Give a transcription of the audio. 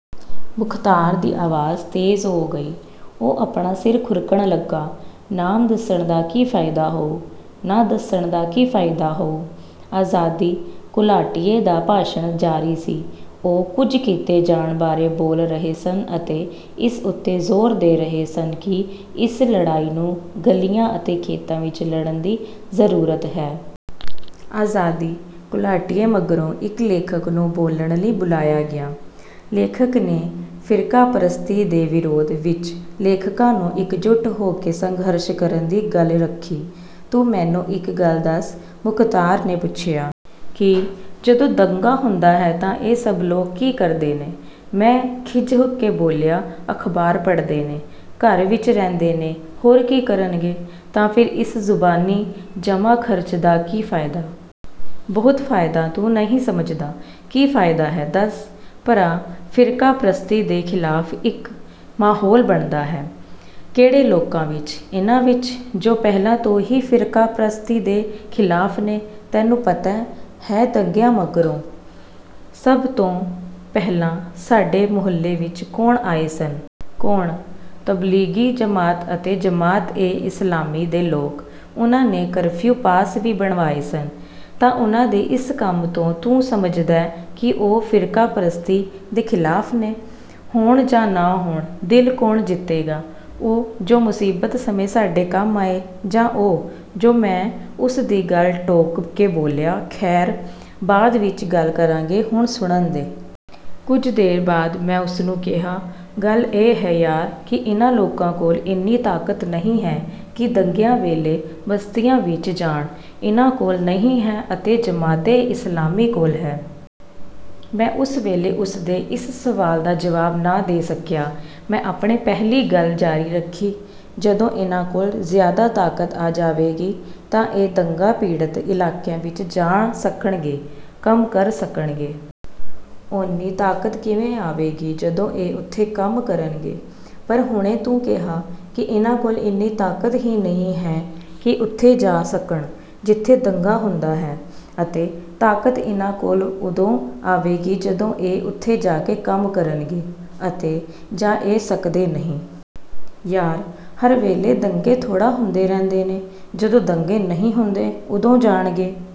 ਮੁਖ਼ਤਾਰ ਦੀ ਆਵਾਜ਼ ਤੇਜ਼ ਹੋ ਗਈ। ਉਹ ਆਪਣਾ ਸਿਰ ਖੁਰਕਣ ਲੱਗਾ, "ਨਾਮ ਦੱਸਣ ਦਾ ਕੀ ਫ਼ਾਇਦਾ ਹੋਊ?" "ਨਾ ਦੱਸਣ ਦਾ ਕੀ ਫ਼ਾਇਦਾ ਹੋਊ?" ਆਜ਼ਾਦੀ ਘੁਲਾਟੀਏ ਦਾ ਭਾਸ਼ਣ ਜਾਰੀ ਸੀ। ਉਹ ਕੁਝ ਕੀਤੇ ਜਾਣ ਬਾਰੇ ਬੋਲ ਰਹੇ ਸਨ ਅਤੇ ਇਸ ਉੱਤੇ ਜ਼ੋਰ ਦੇ ਰਹੇ ਸਨ ਕਿ ਇਸ ਲੜਾਈ ਨੂੰ ਗਲੀਆਂ ਅਤੇ ਖੇਤਾਂ ਵਿੱਚ ਲੜਨ ਦੀ ਜ਼ਰੂਰਤ ਹੈ। ਆਜ਼ਾਦੀ ਘੁਲਾਟੀਏ ਮਗਰੋਂ ਇੱਕ ਲੇਖਕ ਨੂੰ ਬੋਲਣ ਲਈ ਬੁਲਾਇਆ ਗਿਆ। ਲੇਖਕ ਨੇ ਫ਼ਿਰਕਾਪ੍ਰਸਤੀ ਦੇ ਵਿਰੋਧ ਵਿੱਚ ਲੇਖਕਾਂ ਨੂੰ ਇੱਕਜੁਟ ਹੋ ਕੇ ਸੰਘਰਸ਼ ਕਰਨ ਦੀ ਗੱਲ ਰੱਖੀ। "ਤੂੰ ਮੈਨੂੰ ਇੱਕ ਗੱਲ ਦੱਸ," ਮੁਖ਼ਤਾਰ ਨੇ ਪੁੱਛਿਆ। "ਕੀ?" "ਜਦੋਂ ਦੰਗਾ ਹੁੰਦਾ ਹੈ ਤਾਂ ਇਹ ਸਭ ਲੋਕ ਕੀ ਕਰਦੇ ਨੇ?" ਮੈਂ ਖਿੱਝ ਕੇ ਬੋਲਿਆ, "ਅਖ਼ਬਾਰ ਪੜ੍ਹਦੇ ਨੇ, ਘਰ ਵਿੱਚ ਰਹਿੰਦੇ ਨੇ, ਹੋਰ ਕੀ ਕਰਨਗੇ?" "ਤਾਂ ਫਿਰ ਇਸ ਜ਼ੁਬਾਨੀ ਜਮ੍ਹਾਂ-ਖ਼ਰਚ ਦਾ ਕੀ ਫ਼ਾਇਦਾ?" "ਬਹੁਤ ਫ਼ਾਇਦਾ, ਤੂੰ ਨਹੀਂ ਸਮਝਦਾ।" "ਕੀ ਫ਼ਾਇਦਾ ਹੈ, ਦੱਸ?" "ਭਰਾ, ਫ਼ਿਰਕਾਪ੍ਰਸਤੀ ਦੇ ਖ਼ਿਲਾਫ਼ ਇੱਕ ਮਾਹੌਲ ਬਣਦਾ ਹੈ।" "ਕਿਹੜੇ ਲੋਕਾਂ ਵਿੱਚ? ਇਹਨਾਂ ਵਿੱਚ, ਜੋ ਪਹਿਲਾਂ ਤੋਂ ਹੀ ਫ਼ਿਰਕਾਪ੍ਰਸਤੀ ਦੇ ਖ਼ਿਲਾਫ਼ ਨੇ? ਤੈਨੂੰ ਪਤਾ ਹੈ ਦੰਗਿਆਂ ਮਗਰੋਂ ਸਭ ਤੋਂ ਪਹਿਲਾਂ ਸਾਡੇ ਮੁਹੱਲੇ ਵਿੱਚ ਕੌਣ ਆਏ ਸਨ?" "ਕੌਣ?" "ਤਬਲੀਗੀ ਜਮਾਤ ਅਤੇ ਜਮਾਤ-ਏ-ਇਸਲਾਮੀ ਦੇ ਲੋਕ! ਉਹਨਾਂ ਨੇ ਕਰਫ਼ਿਊ ਪਾਸ ਵੀ ਬਣਵਾਏ ਸਨ।" "ਤਾਂ ਉਹਨਾਂ ਦੇ ਇਸ ਕੰਮ ਤੋਂ ਤੂੰ ਸਮਝਦੈਂ ਕਿ ਉਹ ਫ਼ਿਰਕਾਪ੍ਰਸਤੀ ਦੇ ਖ਼ਿਲਾਫ਼ ਨੇ?" "ਹੋਣ ਜਾਂ ਨਾ ਹੋਣ, ਦਿਲ ਕੌਣ ਜਿੱਤੇਗਾ—ਉਹ ਜੋ ਮੁਸੀਬਤ ਸਮੇਂ ਸਾਡੇ ਕੰਮ ਆਏ ਜਾਂ ਉਹ ਜੋ—" ਮੈਂ ਉਸ ਦੀ ਗੱਲ ਟੋਕ ਕੇ ਬੋਲਿਆ, "ਖ਼ੈਰ, ਬਾਅਦ ਵਿੱਚ ਗੱਲ ਕਰਾਂਗੇ, ਹੁਣ ਸੁਣਨ ਦੇ।" ਕੁਝ ਦੇਰ ਬਾਅਦ ਮੈਂ ਉਸ ਨੂੰ ਕਿਹਾ, "ਗੱਲ ਇਹ ਹੈ ਯਾਰ ਕਿ ਇਹਨਾਂ ਲੋਕਾਂ ਕੋਲ਼ ਇੰਨੀ ਤਾਕਤ ਨਹੀਂ ਹੈ ਕਿ ਦੰਗਿਆਂ ਵੇਲੇ ਬਸਤੀਆਂ ਵਿੱਚ ਜਾਣ।" "ਇਹਨਾਂ ਕੋਲ਼ ਨਹੀਂ ਹੈ ਅਤੇ ਜਮਾਤ-ਏ-ਇਸਲਾਮੀ ਕੋਲ਼ ਹੈ?" ਮੈਂ ਉਸ ਵੇਲੇ ਉਸ ਦੇ ਇਸ ਸਵਾਲ ਦਾ ਜਵਾਬ ਨਾ ਦੇ ਸਕਿਆ। ਮੈਂ ਆਪਣੀ ਪਹਿਲੀ ਗੱਲ ਜਾਰੀ ਰੱਖੀ, "ਜਦੋਂ ਇਹਨਾਂ ਕੋਲ਼ ਜ਼ਿਆਦਾ ਤਾਕਤ ਆ ਜਾਵੇਗੀ ਤਾਂ ਇਹ ਦੰਗਾ-ਪੀੜਤ ਇਲਾਕਿਆਂ ਵਿੱਚ ਜਾ ਸਕਣਗੇ, ਕੰਮ ਕਰ ਸਕਣਗੇ।" "ਓਨੀ ਤਾਕਤ ਕਿਵੇਂ ਆਵੇਗੀ?" "ਜਦੋਂ ਇਹ ਉੱਥੇ ਕੰਮ ਕਰਨਗੇ।" "ਪਰ ਹੁਣੇ ਤੂੰ ਕਿਹਾ ਕਿ ਇਹਨਾਂ ਕੋਲ਼ ਐਨੀ ਤਾਕਤ ਹੀ ਨਹੀਂ ਹੈ ਕਿ ਉੱਥੇ ਜਾ ਸਕਣ ਜਿੱਥੇ ਦੰਗਾ ਹੁੰਦਾ ਹੈ, ਅਤੇ ਤਾਕਤ ਇਹਨਾਂ ਕੋਲ਼ ਉਦੋਂ ਆਵੇਗੀ ਜਦੋਂ ਇਹ ਉੱਥੇ ਜਾ ਕੇ ਕੰਮ ਕਰਨਗੇ—ਅਤੇ ਜਾ ਇਹ ਸਕਦੇ ਨਹੀਂ।" "ਯਾਰ, ਹਰ ਵੇਲੇ ਦੰਗੇ ਥੋੜ੍ਹਾ ਹੁੰਦੇ ਰਹਿੰਦੇ ਨੇ! ਜਦੋਂ ਦੰਗੇ ਨਹੀਂ ਹੁੰਦੇ, ਉਦੋਂ ਜਾਣਗੇ।"